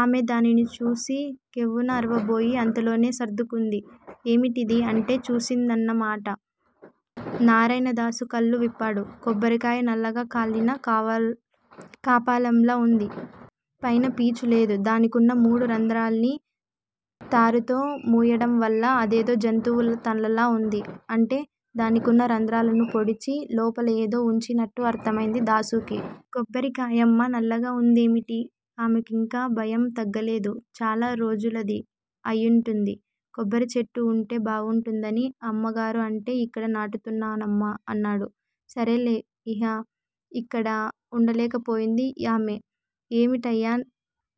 ఆమె దానిని చూసి కెవ్వున అరవబోయి, అంతలోనే సర్దుకుంది. ఏమిటిది? అంటే చూసిందన్న మాట. నారాయణదాసు కళ్ళు విప్పాడు. కొబ్బరికాయ నల్లగా కాలిన కావా కపాలంలా వుంది. పైన పీచు లేదు. దానికున్న మూడు రంధ్రాల్ని తారుతో మూయడంవల్ల అదేదో జంతువు తలలా వుంది. అంటే దానికున్న రంధ్రాలను పొడిచి, లోపల ఏదో వుంచినట్టు అర్థమైంది దాసుకి. కొబ్బరికాయమ్మా నల్లగా వుందేమిటి? ఆమెకింకా భయం తగ్గలేదు. చాలా రోజులది అయ్యుంటుంది. కొబ్బరిచెట్టు వుంటే బావుంటుందని అమ్మగారు అంటే ఇక్కడ నాటుతున్నానమ్మా అన్నాడు. సరేలే ఇహ ఇ క్కడ వుండలేకపోయింది ఆమె. ఏమిటయ్యా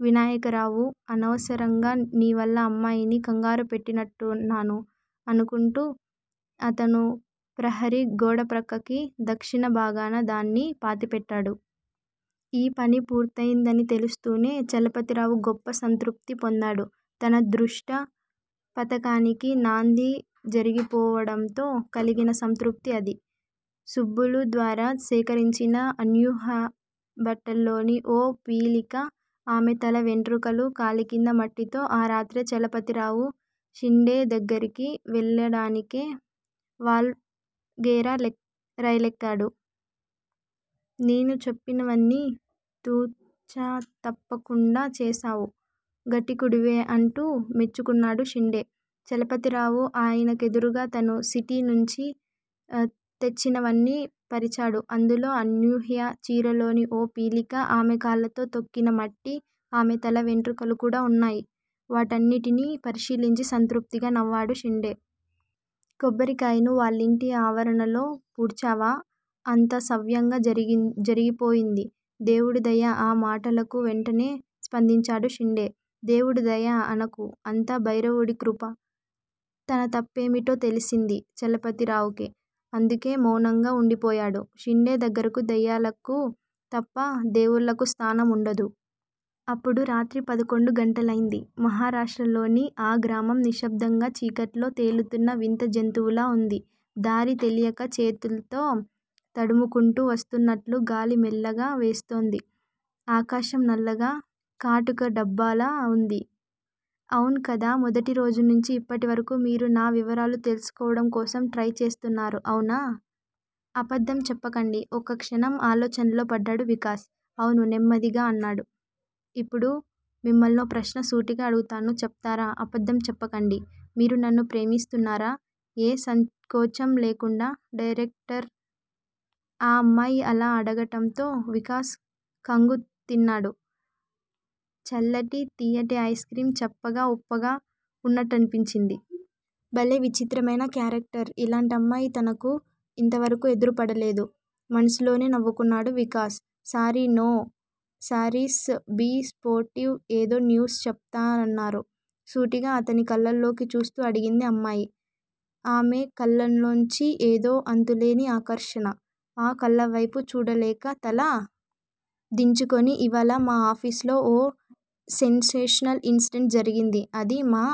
వినాయకరావూ! అనవసరంగా నీ వల్ల అమ్మాయిని కంగారుపెట్టినట్టున్నాను అనుకుంటూ అతను ప్రహరీ గోడప్రక్కకి, దక్షిణ భాగాన దాన్ని పాతి పెట్టాడు. ఈ పని పూర్తయిందని తెలుస్తూనే చలపతిరావు గొప్ప సంతృప్తి పొందాడు. తన దృష్టపథకానికి నాంది జరిగిపోవడంతో కలిగిన సంతృప్తి అది. సుబ్బులు ద్వారా సేకరించిన అనూహ్య బట్టల్లోని ఓ పీలిక, ఆమె తల వెంట్రుకలు, కాలికింద మట్టితో ఆ రాత్రే చలపతిరావు షిండే దగ్గరికి వెళ్ళడానికి వాల్ ఘెరా రైలెక్కాడు. నేను చెప్పినవన్నీ తు. చ. తప్పకుండా చేశావ్. ఘటికుడివే అంటూ మెచ్చుకున్నాడు షిండే. చలపతిరావు ఆయనకెదురుగా తను సిటీ నుంచి తెచ్చినవన్నీ పరిచాడు. అందులో అనూహ్య చీరలోని ఓ పీలిక, ఆమె కాళ్ళతో తొక్కిన మట్టి, ఆమె తల వెంట్రుకలు కూడా వున్నాయి. వాటన్నిటినీ పరిశీలించి సంతృప్తిగా నవ్వాడు షిండే. కొబ్బరికాయను వాళ్ళింటి ఆవరణలో పూడ్చావా? అంతా సవ్యంగా జరిగిపోయింది- దేవుడి దయ ఆ మాటలకు వెంటనే స్పందించాడు షిండే. దేవుడి దయ అనకు అంతా భైరవుడి కృప. తన తప్పేమిటో తెలిసింది చలపతిరావుకి, అందుకే మౌనంగా వుండిపోయాడు. షిండే దగ్గరకు దెయ్యాలకు తప్ప దేవుళ్ళకు స్థానం వుండదు. అప్పుడు రాత్రి పదకొండు గంటలైంది. మహారాష్ట్రలోని ఆ గ్రామం నిశ్శబ్దంగా చీకట్లో తేలుతున్న వింత జంతువులా వుంది. దారి తెలియక చేతుల్తో తడుముకుంటూ వస్తున్నట్లు గాలి మెల్లిగా వీస్తోంది. ఆకాశం నల్లగా కాటుక డబ్బాలా వుంది. అవును కదా మొదటిరోజు నుంచి ఇప్పటివరకూ మీరు నా వివరాలు తెల్సుకోవడం కోసం ట్రై చేస్తున్నారు అవునా? అబద్దం చెప్పకండి ఒక్కక్షణం ఆలోచనలో పడ్డాడు వికాస్. అవును నెమ్మదిగా అన్నాడు. ఇప్పుడు మిమ్మల్నో ప్రశ్న సూటిగా అడుగుతాను చెప్తారా అబద్దం చెప్పకండి? మీరు నన్ను ప్రేమిస్తున్నారా ఏ సంకోచం లేకుండా డైరెక్టర్ ఆ అమ్మాయి అలా అడగటంతో వికాస్ ఖంగు తిన్నాడు. చల్లటి, తియ్యటి ఐస్ క్రీమ్ చప్పగా, ఉప్పగా వున్నట్టనిపించింది. భలే విచిత్రమైన కేరక్టర్, ఇలాంటమ్మాయి తనకు ఇంతవరకూ ఎదురుపడలేదు. మనసులోనే నవ్వుకున్నాడు Vikas sorry no sorries be sportive ఏదో న్యూస్ చెప్తారన్నారు- సూటిగా అతని కళ్ళల్లోకి చూస్తూ అడిగింది అమ్మాయి. ఆమె కళ్ళల్లోంచి ఏదో అంతులేని ఆకర్షణ. ఆ కళ్ళవేపు చూడలేక తల దించుకుని- ఇవాళ మా ఆఫీసులో ఓ సెన్సేషనల్ ఇన్సిడెంట్ జరిగింది అది మా